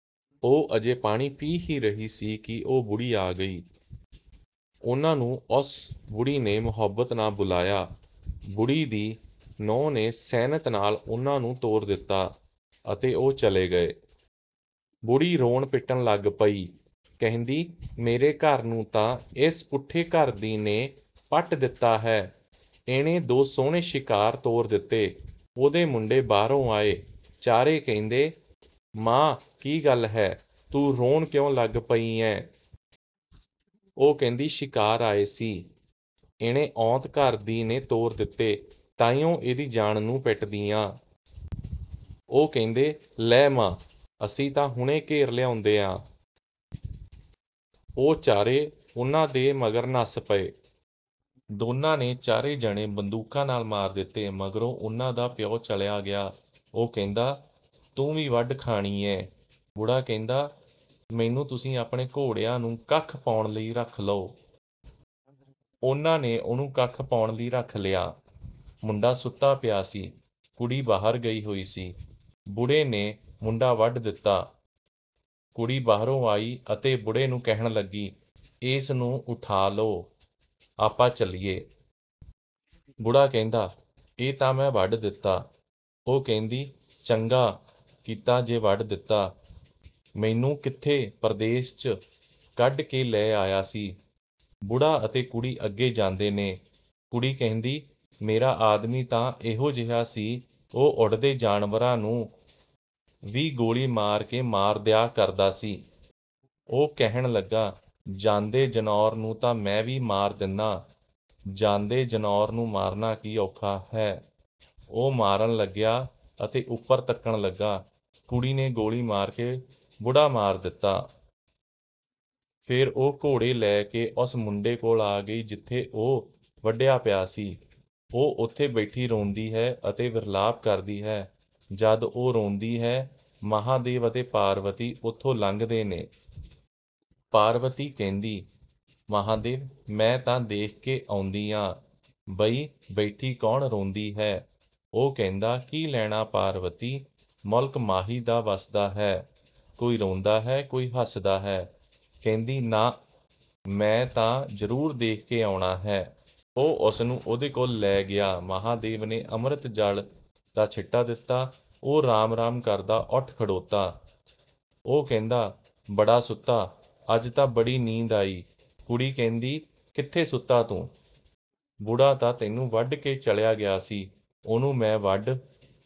ਉਹ ਅਜੇ ਪਾਣੀ ਪੀ ਹੀ ਰਹੇ ਸੀ ਕਿ ਉਹ ਬੁੜ੍ਹੀ ਆ ਗਈ। ਉਹਨਾਂ ਨੂੰ ਉਸ ਬੁੜ੍ਹੀ ਨੇ ਮੁਹੱਬਤ ਨਾਲ ਬੁਲਾਇਆ। ਬੁੜ੍ਹੀ ਦੀ ਨੂੰਹ ਨੇ ਸੈਨਤ ਨਾਲ ਉਹਨਾਂ ਨੂੰ ਤੋਰ ਦਿੱਤਾ, ਅਤੇ ਉਹ ਚਲੇ ਗਏ। ਬੁੜ੍ਹੀ ਰੋਣ-ਪਿੱਟਣ ਲੱਗ ਪਈ, ਕਹਿੰਦੀ, "ਮੇਰੇ ਘਰ ਨੂੰ ਤਾਂ ਏਸ ਪੁੱਠੇ ਘਰ ਦੀ ਨੇ ਪੱਟ ਦਿੱਤਾ ਹੈ! ਇਹਨੇ ਦੋ ਸੋਹਣੇ ਸ਼ਿਕਾਰ ਤੋਰ ਦਿੱਤੇ।" ਉਹਦੇ ਮੁੰਡੇ ਬਾਹਰੋਂ ਆਏ। ਚਾਰੇ ਕਹਿੰਦੇ, "ਮਾਂ, ਕੀ ਗੱਲ ਹੈ, ਤੂੰ ਰੋਣ ਕਿਉਂ ਲੱਗ ਪਈ ਐਂ?" ਉਹ ਕਹਿੰਦੀ, "ਸ਼ਿਕਾਰ ਆਏ ਸੀ, ਇਹਨੇ ਔਂਤ-ਘਰ ਦੀ ਨੇ ਤੋਰ ਦਿੱਤੇ, ਤਾਂਹੀਓਂ ਇਹਦੀ ਜਾਨ ਨੂੰ ਪਿੱਟਦੀ ਆਂ।" ਉਹ ਕਹਿੰਦੇ, "ਲੈ ਮਾਂ, ਅਸੀਂ ਤਾਂ ਹੁਣੇ ਘੇਰ ਲਿਆਉਂਦੇ ਆਂ।" ਉਹ ਚਾਰੇ ਉਹਨਾਂ ਦੇ ਮਗਰ ਨੱਸ ਪਏ। ਦੋਨਾਂ ਨੇ ਚਾਰੇ ਜਣੇ ਬੰਦੂਕਾਂ ਨਾਲ ਮਾਰ ਦਿੱਤੇ। ਮਗਰੋਂ ਉਹਨਾਂ ਦਾ ਪਿਓ ਚਲਿਆ ਗਿਆ। ਉਹ ਕਹਿੰਦੇ, "ਤੂੰ ਵੀ ਵੱਢ ਖਾਣੀ ਐਂ?" ਬੁੜ੍ਹਾ ਕਹਿੰਦਾ, "ਮੈਨੂੰ ਤੁਸੀਂ ਆਪਣੇ ਘੋੜਿਆਂ ਨੂੰ ਕੱਖ ਪਾਉਣ ਲਈ ਰੱਖ ਲਓ।" ਉਹਨਾਂ ਨੇ ਉਹਨੂੰ ਕੱਖ ਪਾਉਣ ਲਈ ਰੱਖ ਲਿਆ। ਮੁੰਡਾ ਸੁੱਤਾ ਪਿਆ ਸੀ। ਕੁੜੀ ਬਾਹਰ ਗਈ ਹੋਈ ਸੀ। ਬੁੜ੍ਹੇ ਨੇ ਮੁੰਡਾ ਵੱਢ ਦਿੱਤਾ। ਕੁੜੀ ਬਾਹਰੋਂ ਆਈ ਅਤੇ ਬੁੜ੍ਹੇ ਨੂੰ ਕਹਿਣ ਲੱਗੀ, "ਏਸ ਨੂੰ ਉਠਾਲੋ, ਆਪਾਂ ਚੱਲੀਏ।" ਬੁੜ੍ਹਾ ਕਹਿੰਦਾ, "ਇਹ ਤਾਂ ਮੈਂ ਵੱਢ ਦਿੱਤਾ!" ਉਹ ਕਹਿੰਦੀ, "ਚੰਗਾ ਕੀਤਾ ਜੇ ਵੱਢ ਦਿੱਤਾ! ਮੈਨੂੰ ਕਿੱਥੇ ਪਰਦੇਸ 'ਚ ਕੱਢ ਕੇ ਲੈ ਆਇਆ ਸੀ।" ਬੁੜ੍ਹਾ ਅਤੇ ਕੁੜੀ ਅੱਗੇ ਜਾਂਦੇ ਨੇ। ਕੁੜੀ ਕਹਿੰਦੀ, "ਮੇਰਾ ਆਦਮੀ ਤਾਂ ਇਹੋ ਜਿਹਾ ਸੀ, ਉਹ ਉੱਡਦੇ ਜਾਨਵਰਾਂ ਨੂੰ ਵੀ ਗੋਲੀ ਮਾਰ ਕੇ ਮਾਰ ਦਿਆ ਕਰਦਾ ਸੀ।" ਉਹ ਕਹਿਣ ਲੱਗਾ, "ਜਾਂਦੇ ਜਨੌਰ ਨੂੰ ਤਾਂ ਮੈਂ ਵੀ ਮਾਰ ਦਿੰਨਾਂ! ਜਾਂਦੇ ਜਨੌਰ ਨੂੰ ਮਾਰਨਾ ਕੀ ਔਖਾ ਹੈ।" ਉਹ ਮਾਰਨ ਲੱਗਿਆ ਅਤੇ ਉੱਪਰ ਤੱਕਣ ਲੱਗਾ। ਕੁੜੀ ਨੇ ਗੋਲੀ ਮਾਰ ਕੇ ਬੁੜ੍ਹਾ ਮਾਰ ਦਿੱਤਾ। ਫ਼ੇਰ ਉਹ ਘੋੜੇ ਲੈ ਕੇ ਉਸ ਮੁੰਡੇ ਕੋਲ ਆ ਗਈ ਜਿੱਥੇ ਉਹ ਵੱਢਿਆ ਪਿਆ ਸੀ। ਉਹ ਉੱਥੇ ਬੈਠੀ ਰੋਂਦੀ ਹੈ ਅਤੇ ਵਿਰਲਾਪ ਕਰਦੀ ਹੈ। ਜਦ ਉਹ ਰੋਂਦੀ ਹੈ, ਮਹਾਂਦੇਵ ਅਤੇ ਪਾਰਬਤੀ ਉੱਥੋਂ ਲੰਘਦੇ ਨੇ! ਪਾਰਬਤੀ ਕਹਿੰਦੀ, "ਮਹਾਂਦੇਵ, ਮੈਂ ਤਾਂ ਦੇਖ ਕੇ ਆਉਂਦੀ ਆਂ ਬਈ ਬੈਠੀ ਕੌਣ ਰੋਂਦੀ ਹੈ।" ਉਹ ਕਹਿੰਦਾ, "ਕੀ ਲੈਣਾ ਪਾਰਬਤੀ! ਮੁਲਕ ਮਾਹੀ ਦਾ ਵਸਦਾ ਹੈ, ਕੋਈ ਰੋਂਦਾ ਹੈ, ਕੋਈ ਹੱਸਦਾ ਹੈ।" ਕਹਿੰਦੀ, "ਨਾ, ਮੈਂ ਤਾਂ ਜ਼ਰੂਰ ਦੇਖ ਕੇ ਆਉਣਾ ਹੈ।" ਉਹ ਉਸ ਨੂੰ ਉਹਦੇ ਕੋਲ ਲੈ ਗਿਆ। ਮਹਾਂਦੇਵ ਨੇ ਅੰਮ੍ਰਿਤ ਜਲ ਦਾ ਛਿੱਟਾ ਦਿੱਤਾ। ਉਹ 'ਰਾਮ-ਰਾਮ' ਕਰਦਾ ਉੱਠ ਖੜ੍ਹੋਤਾ! ਉਹ ਕਹਿੰਦਾ, "ਬੜਾ ਸੁੱਤਾ, ਅੱਜ ਤਾਂ ਬੜੀ ਨੀਂਦ ਆਈ।" ਕੁੜੀ ਕਹਿੰਦੀ, "ਕਿੱਥੇ ਸੁੱਤਾ ਤੂੰ! ਬੁੜ੍ਹਾ ਤਾਂ ਤੈਨੂੰ ਵੱਢ ਕੇ ਚਲਿਆ ਗਿਆ ਸੀ, ਉਹਨੂੰ ਮੈਂ ਵੱਢ